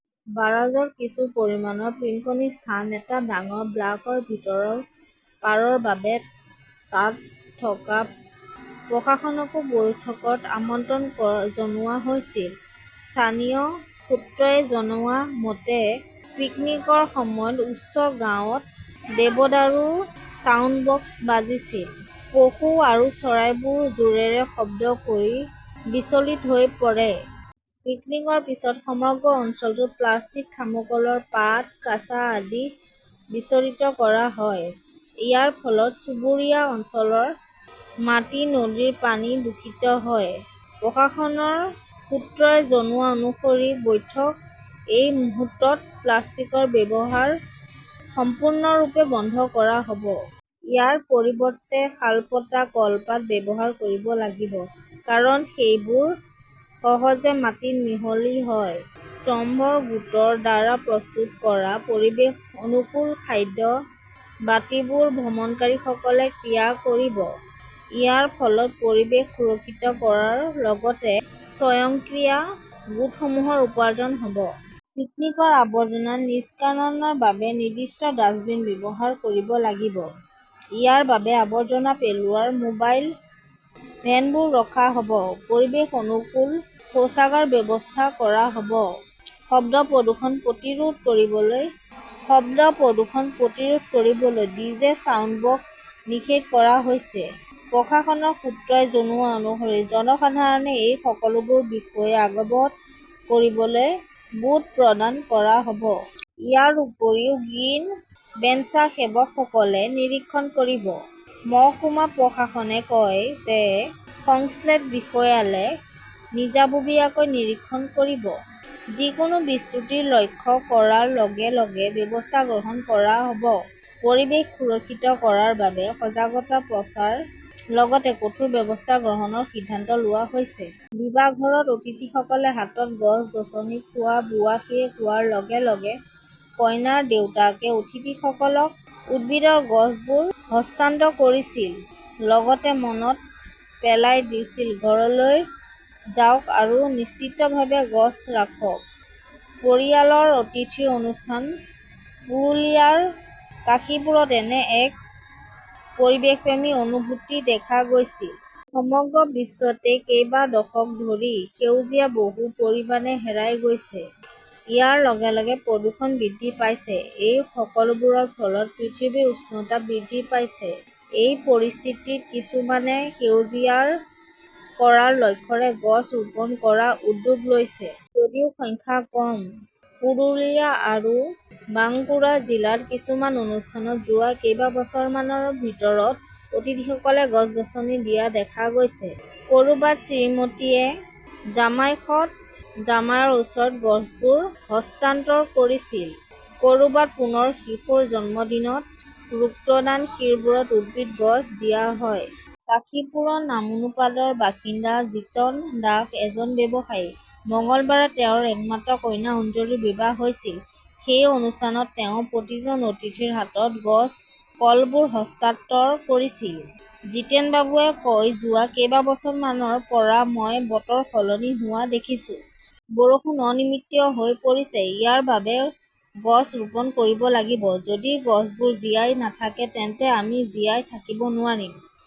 বাৰাজৰ কিছু পৰিমাণৰ পিকনিক স্থান এটা ডাঙৰ ব্লকৰ ভিতৰত পৰাৰ বাবে তাত থকা প্ৰশাসনকও বৈঠকত আমন্ত্ৰণ জনোৱা হৈছিল। স্থানীয় সূত্ৰই জনোৱা মতে, পিকনিকৰ সময়ত উচ্চ গাঁৱত দেৱদাৰুৰ ছাউণ্ডবক্স বাজিছিল। পশু আৰু চৰাইবোৰো জোৰেৰে শব্দ কৰি বিচলিত হৈ পৰে। পিকনিকৰ পিছত সমগ্ৰ অঞ্চলটোত প্লাষ্টিক, থাৰ্মোকলৰ পাত, কাঁচ আদি বিস্তাৰিত কৰা হয়। ইয়াৰ ফলত চুবুৰীয়া অঞ্চলৰ মাটি, নদীৰ পানী দূষিত হয়। প্ৰশাসনৰ সূত্ৰই জনোৱা অনুসৰি বৈঠকত এই মুহূৰ্তত প্লাষ্টিকৰ ব্যৱহাৰ সম্পূৰ্ণৰূপে বন্ধ কৰা হ'ব। ইয়াৰ পৰিৱৰ্তে শালপাত, কলপাত ব্যৱহাৰ কৰিব লাগিব। কাৰণ, সেইবোৰ সহজে মাটিত মিহলি হয়। স্বয়ম্ভৰ গোটৰ দ্বাৰা প্ৰস্তুত কৰা পৰিৱেশ-অনুকূল খাদ্য বাটিবোৰ ভ্ৰমণকাৰীসকলে ক্ৰয় কৰিব। ইয়াৰ ফলত পৰিৱেশ সুৰক্ষিত কৰাৰ লগতে স্বয়ংক্ৰিয় গোটসমূহৰ উপাৰ্জন হ'ব। পিকনিকৰ আৱৰ্জনা নিষ্কাশনৰ বাবে নিৰ্দিষ্ট ডাস্টবিন ব্যৱহাৰ কৰিব লাগিব। ইয়াৰ বাবে আৱৰ্জনা পেলোৱা মোবাইল ভেনবোৰ ৰখা হ'ব। পৰিৱেশ অনুকূল শৌচাগাৰৰ ব্যৱস্থা কৰা হ'ব। শব্দ প্ৰদূষণ প্ৰতিৰোধ কৰিবলৈ ডিজে ছাউণ্ডবক্স নিষিদ্ধ কৰা হৈছে। প্ৰশাসনৰ সূত্ৰই জনোৱা অনুসৰি জনসাধাৰণক এই সকলোবোৰৰ বিষয়ে অৱগত কৰিবলৈ বোৰ্ড প্ৰদান কৰা হ'ব। ইয়াৰ উপৰিও 'গ্ৰীণ স্বেচ্ছাসেৱকসকলে নিৰীক্ষণ কৰিব। মহকুমা প্ৰশাসকে কয় যে সংশ্লিষ্ট বিষয়াসকলে নিজাববীয়াকৈ নিৰীক্ষণ কৰিব। যিকোনো বিচ্যুতি লক্ষ্য কৰাৰ লগে লগে ব্যৱস্থা গ্ৰহণ কৰা হ'ব। 'পৰিৱেশ সুৰক্ষিত কৰাৰ বাবে সজাগতা প্ৰচাৰৰ লগতে কঠোৰ ব্যৱস্থা গ্ৰহণৰ সিদ্ধান্ত লোৱা হৈছে।'। বিবাহঘৰত অতিথিসকলৰ হাতত গছ-গছনি খোৱা-বোৱা শেষ হোৱাৰ লগে লগে কইনাৰ দেউতাকে অতিথিসকলক উদ্ভিদৰ গছবোৰ হস্তান্তৰ কৰিছিল। লগতে মনত পেলাই দিছিল-'ঘৰলৈ লৈ যাওক আৰু নিশ্চিতভাৱে গছ ৰাখক। 'পৰিয়ালৰ অতিথি অনুষ্ঠানত পুৰুলিয়াৰ কাশীপুৰত এনে এক পৰিৱেশপ্ৰেমী অনুভূতি দেখা গৈছিল। সমগ্ৰ বিশ্বতে কেইবা দশক ধৰি সেউজীয়া বহু পৰিমাণে হেৰাই গৈছে। ইয়াৰ লগে লগে প্ৰদূষণ বৃদ্ধি পাইছে। এই সকলোবোৰৰ ফলত পৃথিৱীৰ উষ্ণতা বৃদ্ধি পাইছে। এই পৰিস্থিতিত, কিছুমানে সেউজীয়া কৰাৰ লক্ষ্যৰে গছ ৰোপণ কৰাৰ উদ্যোগ লৈছে। যদিও সংখ্যা কম, পুৰুলিয়া আৰু বাংকুৰা জিলাৰ কিছুমান অনুষ্ঠানত যোৱা কেইবছৰমানৰ ভিতৰত অতিথিসকলে গছ-গছনি দিয়া দেখা গৈছে। কৰবাত, শ্ৰীমতীয়ে জামাইশত জামাইৰ ওচৰত গছবোৰ হস্তান্তৰ কৰিছিল। কৰবাত, পুনৰ শিশুৰ জন্মদিনত, ৰক্তদান শিবিৰত উদ্ভিদ গছ দিয়া হয়। কাশীপুৰৰ নামোপাদাৰ বাসিন্দা জিতন দাস এজন ব্যৱসায়ী। মঙলবাৰে তেওঁৰ একমাত্ৰ কন্যা অঞ্জলীৰ বিবাহ হৈছিল। সেই অনুষ্ঠানত তেওঁ প্ৰতিজন অতিথিৰ হাতত গছৰ কলবোৰ হস্তান্তৰ কৰিছিল। জিতেনবাবুৱে কয়, 'যোৱা কেইবছৰমানৰ পৰা মই বতৰ সলনি হোৱা দেখিছোঁ। বৰষুণ অনিয়মিত হৈ পৰিছে। ইয়াৰ বাবে গছ ৰোপণ কৰিব লাগিব। যদি গছবোৰ জীয়াই নাথাকে তেন্তে আমি জীয়াই থাকিব নোৱাৰিম।